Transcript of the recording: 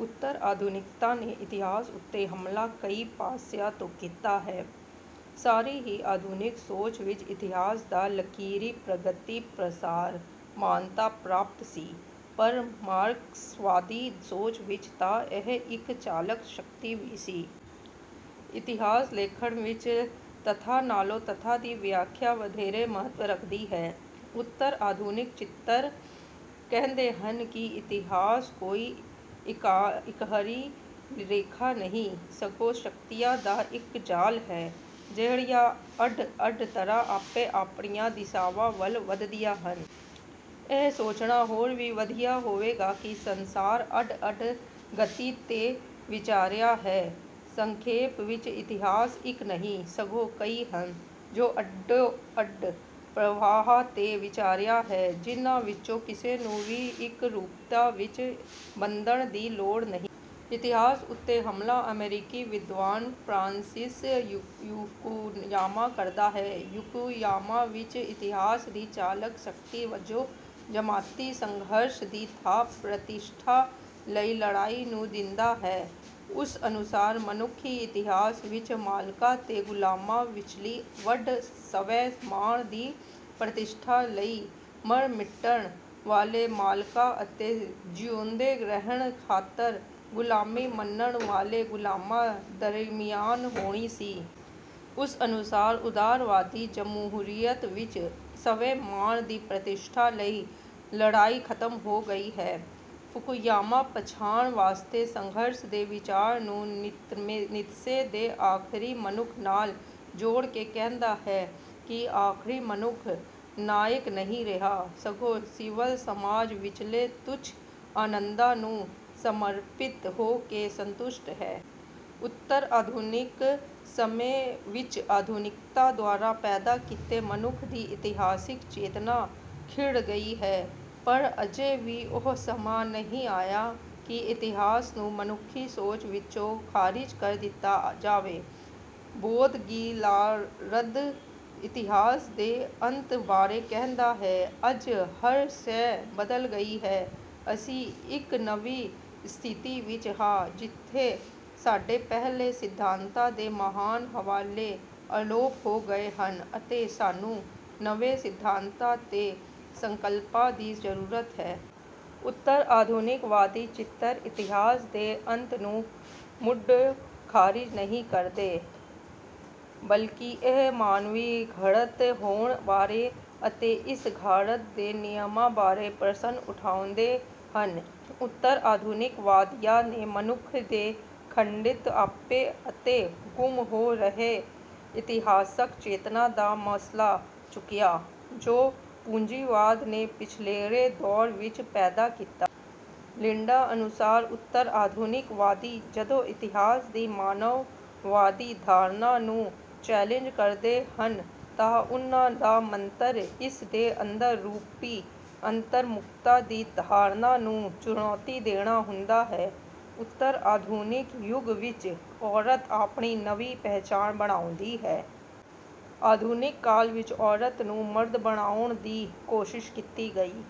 ਉੱਤਰ-ਆਧੁਨਿਕਤਾ ਨੇ ਇਤਿਹਾਸ ਉੱਤੇ ਹਮਲਾ ਕਈ ਪਾਸਿਆਂ ਤੋਂ ਕੀਤਾ ਹੈ। ਸਾਰੀ ਹੀ ਆਧੁਨਿਕ ਸੋਚ ਵਿੱਚ ਇਤਿਹਾਸ ਦਾ ਲਕੀਰੀ ਪ੍ਰਗਤੀ-ਪ੍ਰਸਾਰ ਮਾਨਤਾ ਪ੍ਰਾਪਤ ਸੀ, ਪਰ ਮਾਰਕਸਵਾਦੀ ਸੋਚ ਵਿੱਚ ਤਾਂ ਇਹ ਇੱਕ ਚਾਲਕ ਸ਼ਕਤੀ ਵੀ ਸੀ। ਇਤਿਹਾਸ-ਲੇਖਣ ਵਿੱਚ ਤੱਥਾਂ ਨਾਲੋਂ ਤੱਥਾਂ ਦੀ ਵਿਆਖਿਆ ਵਧੇਰੇ ਮਹੱਤਵ ਰੱਖਦੀ ਹੈ। ਉੱਤਰ-ਆਧੁਨਿਕ ਚਿੰਤਕ ਕਹਿੰਦੇ ਹਨ ਕਿ, “ਇਤਿਹਾਸ ਕੋਈ ਇੱਕਹਿਰੀ ਰੇਖਾ ਨਹੀਂ, ਸਗੋਂ ਸ਼ਕਤੀਆਂ ਦਾ ਇੱਕ ਜਾਲ ਹੈ, ਜਿਹੜੀਆਂ ਅੱਡ-ਅੱਡ ਤਰ੍ਹਾਂ ਆਪੋ-ਆਪਣੀਆਂ ਦਿਸ਼ਾਵਾਂ ਵੱਲ ਵੱਧਦੀਆਂ ਹਨ। ਇਹ ਸੋਚਣਾ ਹੋਰ ਵੀ ਵਧੀਆ ਹੋਵੇਗਾ ਕਿ ਸੰਸਾਰ ਅੱਡ-ਅੱਡ ਗਤੀ ਤੇ ਵਿਚਰਿਆ ਹੈ। ਸੰਖੇਪ ਵਿੱਚ ਇਤਿਹਾਸ ਇੱਕ ਨਹੀਂ, ਸਗੋਂ ਕਈ ਹਨ, ਜੋ ਅੱਡੋ-ਅੱਡ ਪ੍ਰਵਾਹਾਂ ਤੇ ਵਿਚਰਿਆ ਹੈ, ਜਿਨ੍ਹਾਂ ਵਿੱਚੋਂ ਕਿਸੇ ਨੂੰ ਵੀ ਇਕਰੂਪਤਾ ਵਿੱਚ ਬੰਨ੍ਹਣ ਦੀ ਲੋੜ ਨਹੀਂ।” ਇਤਿਹਾਸ ਉੱਤੇ ਹਮਲਾ ਅਮਰੀਕੀ ਵਿਦਵਾਨ ਫ਼ਰਾਂਸਿਸ ਫੁਕੂਯਾਮਾ ਕਰਦਾ ਹੈ। ਫੂਕੂਯਾਮਾ ਇਸ ਇਤਿਹਾਸ ਦੀ ਚਾਲਕ ਸ਼ਕਤੀ ਵਜੋਂ ਜਮਾਤੀ ਸੰਘਰਸ਼ ਦੀ ਥਾਂ ਪ੍ਰਤਿਸ਼ਠਾ ਲਈ ਲੜਾਈ ਨੂੰ ਦਿੰਦਾ ਹੈ। ਉਸ ਅਨੁਸਾਰ ਮਨੁੱਖੀ ਇਤਿਹਾਸ ਵਿੱਚ ਮਾਲਕਾਂ ਤੇ ਗੁਲਾਮਾਂ ਵਿਚਲੀ ਵੰਡ ਸਵੈ-ਮਾਣ ਦੀ ਪ੍ਰਤਿਸ਼ਠਾ ਲਈ ਮਰ-ਮਿਟਣ ਵਾਲੇ ਮਾਲਕਾਂ ਅਤੇ ਜਿਊਂਦੇ ਰਹਿਣ ਖਾਤਰ ਗੁਲਾਮੀ ਮੰਨਣ ਵਾਲੇ ਗੁਲਾਮਾਂ ਦਰਮਿਆਨ ਹੋਣੀ ਸੀ। ਉਸ ਅਨੁਸਾਰ ਉਦਾਰਵਾਦੀ ਜਮਹੂਰੀਅਤ ਵਿੱਚ ਸਵੈ-ਮਾਣ ਦੀ ਪ੍ਰਤਿਸ਼ਠਾ ਲਈ ਲੜਾਈ ਖ਼ਤਮ ਹੋ ਗਈ ਹੈ। ਫੂਕੂਯਾਮਾ ਪਛਾਣ ਵਾਸਤੇ ਸੰਘਰਸ਼ ਦੇ ਵਿਚਾਰ ਨੂੰ ਨੀਤਸ਼ੇ ਦੇ ਆਖ਼ਰੀ ਮਨੁੱਖ ਨਾਲ ਜੋੜ ਕੇ ਕਹਿੰਦਾ ਹੈ ਕਿ, “ਆਖ਼ਰੀ ਮਨੁੱਖ ਨਾਇਕ ਨਹੀਂ ਰਿਹਾ, ਸਗੋਂ ਸਿਵਲ ਸਮਾਜ ਵਿਚਲੇ ਤੁੱਛ ਆਨੰਦਾਂ ਨੂੰ ਸਮਰਪਿਤ ਹੋ ਕੇ ਸੰਤੁਸ਼ਟ ਹੈ।” ਉੱਤਰ-ਆਧੁਨਿਕ ਸਮੇਂ ਵਿੱਚ ਆਧੁਨਿਕਤਾ ਦੁਆਰਾ ਪੈਦਾ ਕੀਤੇ ਮਨੁੱਖ ਦੀ ਇਤਿਹਾਸਿਕ ਚੇਤਨਾ ਖਿੰਡ ਗਈ ਹੈ, ਪਰ ਅਜੇ ਵੀ ਉਹ ਸਮਾਂ ਨਹੀਂ ਆਇਆ ਕਿ ਇਤਿਹਾਸ ਨੂੰ ਮਨੁੱਖੀ ਸੋਚ ਵਿੱਚੋਂ ਖਾਰਿਜ ਕਰ ਦਿੱਤਾ ਜਾਵੇ। ਬੋਦਰੀਲਾਰਦ ਇਤਿਹਾਸ ਦੇ ਅੰਤ ਬਾਰੇ ਕਹਿੰਦਾ ਹੈ, “ਅੱਜ ਹਰ ਸ਼ੈਅ ਬਦਲ ਗਈ ਹੈ, ਅਸੀਂ ਇੱਕ ਨਵੀਂ ਸਥਿਤੀ ਵਿੱਚ ਹਾਂ, ਜਿੱਥੇ ਸਾਡੇ ਪਹਿਲੇ, ਸਿਧਾਂਤਾਂ ਦੇ ਮਹਾਨ ਹਵਾਲੇ ਅਲੋਪ ਹੋ ਗਏ ਹਨ ਅਤੇ ਸਾਨੂੰ ਨਵੇਂ ਸਿਧਾਂਤਾਂ ਤੇ ਸੰਕਲਪਾਂ ਦੀ ਜ਼ਰੂਰਤ ਹੈ।” ਉੱਤਰ-ਆਧੁਨਿਕਵਾਦੀ ਚਿੰਤਕ ਇਤਿਹਾਸ ਦੇ ਅੰਤ ਨੂੰ ਮੁੱਢੋਂ ਖਾਰਿਜ ਨਹੀਂ ਕਰਦੇ, ਬਲਕਿ ਇਹ ਮਾਨਵੀ ਘੜਤ ਹੋਣ ਬਾਰੇ ਅਤੇ ਇਸ ਘਾੜਤ ਦੇ ਨਿਯਮਾਂ ਬਾਰੇ ਪ੍ਰਸ਼ਨ ਉਠਾਉਂਦੇ ਹਨ। ਉੱਤਰ-ਆਧੁਨਿਕਵਾਦੀਆਂ ਨੇ ਮਨੁੱਖ ਦੇ ਖੰਡਿਤ ਆਪੇ ਅਤੇ ਗੁੰਮ ਹੋ ਰਹੀ ਇਤਿਹਾਸਕ ਚੇਤਨਾ ਦਾ ਮਸਲਾ ਚੁੱਕਿਆ, ਜੋ ਪੂੰਜੀਵਾਦ ਨੇ ਪਿਛਲੇਰੇ ਦੌਰ ਵਿੱਚ ਪੈਦਾ ਕੀਤਾ। ਲਿੰਡਾ ਅਨੁਸਾਰ, ਉੱਤਰ-ਆਧੁਨਿਕਵਾਦੀ ਜਦੋਂ ਇਤਿਹਾਸ ਦੀ ਮਾਨਵਵਾਦੀ ਧਾਰਨਾ ਨੂੰ ਚੈਲਿੰਜ ਕਰਦੇ ਹਨ ਤਾਂ ਉਨ੍ਹਾਂ ਦਾ ਮੰਤਵ ਇਸ ਦੇ ਅੰਦਰ ਰੂਪੀ ਅੰਤਰਮੁਖਤਾ ਦੀ ਧਾਰਨਾ ਨੂੰ ਚੁਣੌਤੀ ਦੇਣਾ ਹੁੰਦਾ ਹੈ। ਉੱਤਰ-ਆਧੁਨਿਕ ਯੁੱਗ ਵਿੱਚ ਔਰਤ ਆਪਣੀ ਨਵੀਂ ਪਹਿਚਾਣ ਬਣਾਉਂਦੀ ਹੈ। ਆਧੁਨਿਕ ਕਾਲ ਵਿੱਚ ਔਰਤ ਨੂੰ ਮਰਦ ਬਣਾਉਣ ਦੀ ਕੋਸ਼ਿਸ਼ ਕੀਤੀ ਗਈ।